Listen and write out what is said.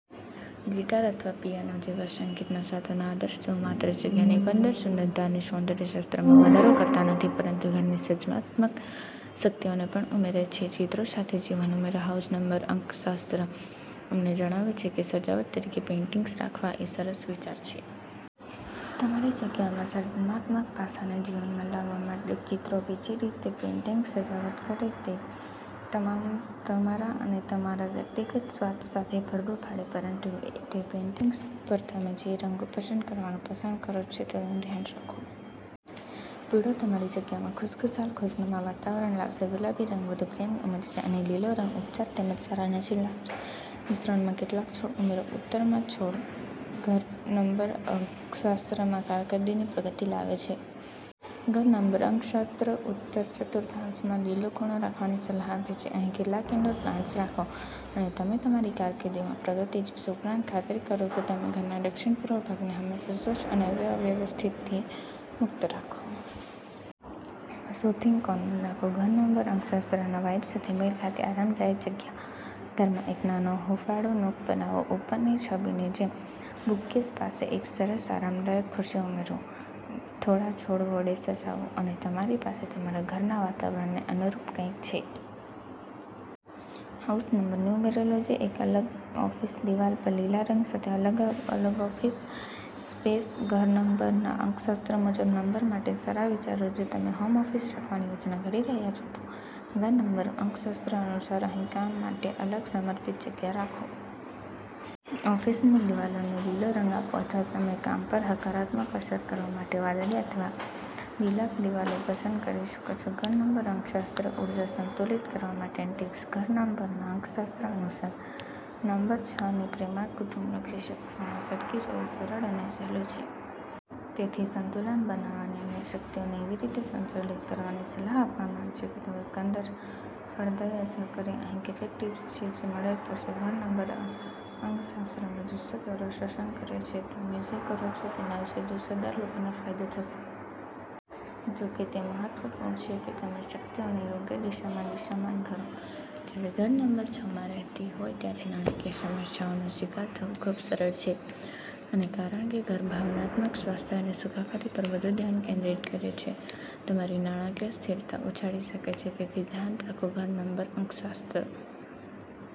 Guitar અથવા piano જેવા સંગીતનાં સાધનો આદર્શ છે. તેઓ માત્ર જગ્યાની એકંદર સુંદરતા અને સૌંદર્ય શાસ્ત્રમાં વધારો કરતા નથી, પરંતુ ઘરની સર્જનાત્મક શક્તિઓને પણ ઉમેરે છે. ચિત્રો સાથે જીવન ઉમેરો. હાઉસ નંબર અંકશાસ્ત્ર અમને જણાવે છે કે સજાવટ તરીકે પેઇન્ટિંગ્સ રાખવા એ સરસ વિચાર છે. તમારી જગ્યામાં સર્જનાત્મક પાસાને જીવનમાં લાવવા માટે ચિત્રો બીજી રીત છે. પેઇન્ટિંગ્સથી સજાવટ કરો જે તમારા અને તમારા વ્યક્તિગત સ્વાદ સાથે પડઘો પાડે છે. પરંતુ, તે પેઇન્ટિંગ્સ પર તમે જે રંગો પસંદ કરવાનું પસંદ કરો છો તેનું ધ્યાન રાખો. પીળો તમારી જગ્યામાં ખુશખુશાલ, ખુશનુમા વાતાવરણ લાવશે, ગુલાબી રંગ વધુ પ્રેમ ઉમેરશે, અને લીલો રંગ ઉપચાર તેમજ સારા નસીબ લાવશે. મિશ્રણમાં કેટલાક છોડ ઉમેરો. ઉત્તરમાં છોડ ઘર નંબર અંકશાસ્ત્રમાં કારકિર્દીની પ્રગતિ લાવે છે. ઘર નંબર અંકશાસ્ત્ર ઉત્તર ચતુર્થાંશમાં લીલો ખૂણો રાખવાની સલાહ આપે છે. અહીં કેટલાક ઇન્ડોર પ્લાન્ટ્સ રાખો અને તમે તમારી કારકિર્દીમાં પ્રગતિ જોશો. ઉપરાંત, ખાતરી કરો કે તમે ઘરના દક્ષિણ-પૂર્વ ભાગને હંમેશા સ્વચ્છ અને અવ્યવસ્થિતથી મુક્ત રાખો. સુથિંગ કોર્નર રાખો. ઘર નંબર અંકશાસ્ત્રના વાઇબ સાથે મેળ ખાતી આરામદાયક જગ્યા. ઘરમાં એક નાનો હૂંફાળું નૂક બનાવો. ઉપરની છબીની જેમ બુકકેસ પાસે એક સરસ, આરામદાયક ખુરશી ઉમેરો, થોડા છોડ વડે સજાવો અને તમારી પાસે તમારા ઘરના વાતાવરણને અનુરૂપ કંઈક છે. House number numerology. એક અલગ ઓફિસ. દિવાલ પર લીલા રંગ સાથે અલગ ઓફિસ સ્પેસ, ઘર નંબરના અંકશાસ્ત્ર મુજબ નંબર માટે સારા વિચારો જો તમે હોમ ઓફિસ રાખવાની યોજના ઘડી રહ્યા છો, તો ઘર નંબર અંકશાસ્ત્ર અનુસાર, અહીં કામ માટે અલગ, સમર્પિત જગ્યા રાખો. ઓફિસની દિવાલોને લીલો રંગ આપો, અથવા તમે કામ પર હકારાત્મક અસર કરવા માટે વાદળી અથવા લીલાક દિવાલો પસંદ કરી શકો છો. ઘર નંબર અંકશાસ્ત્ર. ઊર્જા સંતુલિત કરવા માટેની ટિપ્સ. ઘર નંબરના અંકશાસ્ત્ર અનુસાર નંબર છની પ્રેમાળ, કૌટુંબિક લક્ષી શક્તિઓમાં સરકી જવું સરળ અને સહેલું છે. તેથી સંતુલન બનાવવાની અને શક્તિઓને એવી રીતે સંચાલિત કરવાની સલાહ આપવામાં આવે છે કે તેઓ એકંદરે ફળદાયી અસર કરે. અહીં કેટલીક ટીપ્સ છે જે મદદ કરશે. ઘર નંબર અંકશાસ્ત્રમાં જુસ્સા દ્વારા શાસન કરે છે અને તમે જે કરો છો તેના વિશે જુસ્સાદાર લોકોને ફાયદો થશે. જો કે, તે મહત્વપૂર્ણ છે કે તમે શક્તિઓને યોગ્ય દિશામાં દિશામાન કરો. જ્યારે ઘર નંબર છમાં રહેતી હોય ત્યારે નાણાકીય સમસ્યાઓનો શિકાર થવું ખૂબ સરળ છે. અને, કારણ કે ઘર ભાવનાત્મક સ્વાસ્થ્ય અને સુખાકારી પર વધુ ધ્યાન કેન્દ્રિત કરે છે, તમારી નાણાકીય સ્થિરતા ઉછાળી શકે છે. તેથી, ધ્યાન રાખો, ઘર નંબર અંકશાસ્ત્ર